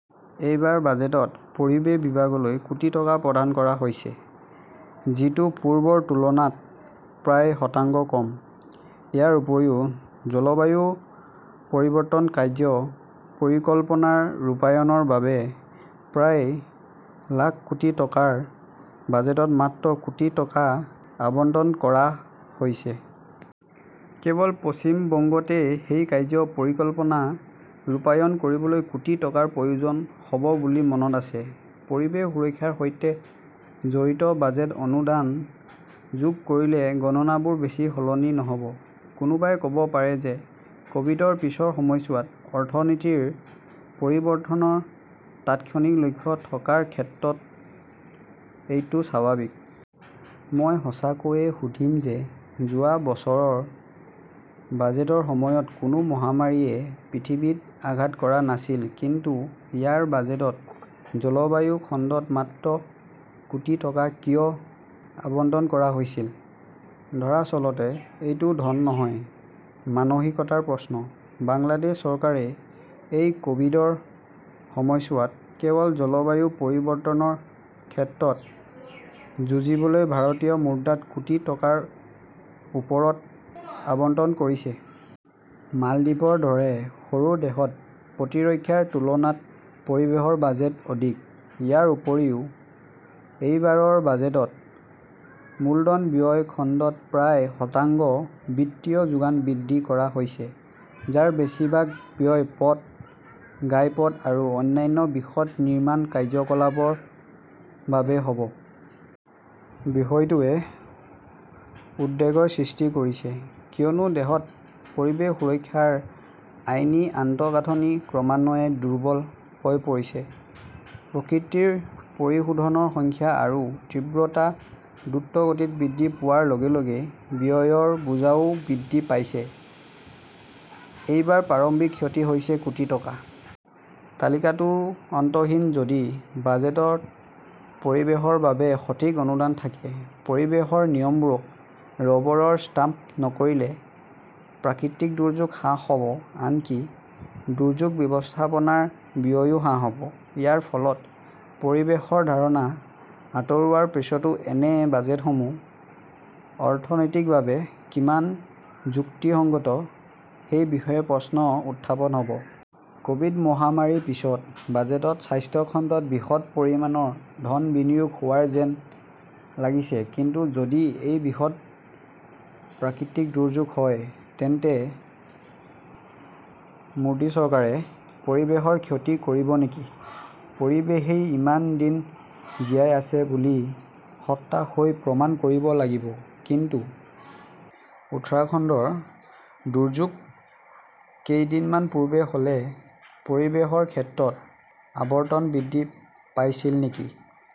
এইবাৰ বাজেটত পৰিৱেশ বিভাগলৈ কোটি টকা প্ৰদান কৰা হৈছে, যিটো পূৰ্বৰ তুলনাত প্ৰায় শতাংশ কম ।ইয়াৰ উপৰিও জলবায়ু পৰিৱৰ্তন কাৰ্য্য পৰিকল্পনাৰ ৰূপায়ণৰ বাবে প্ৰায় লাখ কোটি টকাৰ বাজেটত মাত্ৰ কোটি টকা আবণ্টন কৰা হৈছে। কেৱল পশ্চিম বংগতে সেই কাৰ্য্য পৰিকল্পনা ৰূপায়ণ কৰিবলৈ কোটি টকাৰ প্ৰয়োজন হ'ব বুলি মনত আছে। পৰিৱেশ সুৰক্ষাৰ সৈতে জড়িত বাজেট অনুদান যোগ কৰিলে গণনাবোৰ বেছি সলনি নহ 'ব। কোনোবাই ক'ব পাৰে যে ক'ভিডৰ পিছৰ সময়ছোৱাত অৰ্থনীতিৰ পৰিৱৰ্তনৰ তাৎক্ষণিক লক্ষ্য থকাৰ ক্ষেত্ৰত এইটো স্বাভাৱিক। মই সঁচাকৈয়ে সুধিম যে যোৱা বছৰৰ বাজেটৰ সময়ত কোনো মহামাৰীয়ে পৃথিৱীত আঘাত কৰা নাছিল কিন্তু ইয়াৰ বাজেটত জলবায়ু খণ্ডত মাত্ৰ কোটি টকা কিয় আবণ্টন কৰা হৈছিল? দৰাচলতে এইটো ধন নহয় মানসিকতাৰ প্ৰশ্ন। বাংলাদেশ চৰকাৰে এই ক'ভিডৰ সময়ছোৱাত কেৱল জলবায়ু পৰিৱৰ্তনৰ ক্ষেত্ৰত যুঁজিবলৈ ভাৰতীয় মুদ্ৰাত কোটি টকাৰ ওপৰত আবণ্টন কৰিছে। মালদ্বীপৰ দৰে সৰু দেশত প্ৰতিৰক্ষাৰ তুলনাত পৰিৱেশৰ বাজেট অধিক। ইয়াৰ উপৰিও এইবাৰৰ বাজেটত মূলধন ব্যয় খণ্ডত প্ৰায় শতাংশ বিত্তীয় যোগান বৃদ্ধি কৰা হৈছে, যাৰ বেছিভাগ ব্যয় পথ, ঘাইপথ আৰু অন্যান্য বৃহৎ নিৰ্মাণ কাৰ্যকলাপৰ বাবে হ' ব। বিষয়টোৱে উদ্বেগৰ সৃষ্টি কৰিছে, কিয়নো দেশত পৰিৱেশ সুৰক্ষাৰ আইনী আন্তঃগাঁথনি ক্ৰমান্বয়ে দুৰ্বল হৈ পৰিছে। প্ৰকৃতিৰ প্ৰতিশোধৰ সংখ্যা আৰু তীব্ৰতা দ্ৰুতগতিত বৃদ্ধি পোৱাৰ লগে- লগে ব্যয়ৰ বোজাও বৃদ্ধি পাইছে। এইবাৰ প্ৰাৰম্ভিক ক্ষতি হৈছে কোটি টকা। তালিকাটো অন্তহীন যদি বাজেটত পৰিৱেশৰ বাবে সঠিক অনুদান থাকে পৰিৱেশৰ নিয়মবোৰক ৰবৰ ষ্টাম্প নকৰিলে, প্ৰাকৃতিক দুৰ্যোগ হ্ৰাস হ 'ব আনকি দুৰ্যোগ ব্যৱস্থাপনাৰ ব্যয়ও হ্ৰাস হ' ব। ইয়াৰ ফলত পৰিৱেশৰ ধাৰণা আঁতৰোৱাৰ পিছতো এনে বাজেটসমূহ অৰ্থনৈতিকভাৱে কিমান যুক্তিসংগত সেই বিষয়ে প্ৰশ্ন উত্থাপন হ'ব। ক'ভিড মহামাৰীৰ পিছত বাজেটত স্বাস্থ্য খণ্ডত বৃহৎ পৰিমাণৰ ধন বিনিয়োগ হোৱা যেন লাগিছে কিন্তু যদি এক বৃহৎ প্ৰাকৃতিক দুৰ্যোগ হয় তেন্তে মোদী চৰকাৰে পৰিৱেশৰ ক্ষতি কৰিব নেকি? পৰিৱেশেই ইমান দিন জীয়াই আছে বুলি হতাশ হৈ প্ৰমাণ কৰিব লাগিব কিন্তু উত্তৰাখণ্ডৰ দুৰ্যোগ কেইদিনমান পূৰ্বে হ'লে পৰিৱেশৰ ক্ষেত্ৰত আবণ্টন বৃদ্ধি পাইছিল নেকি?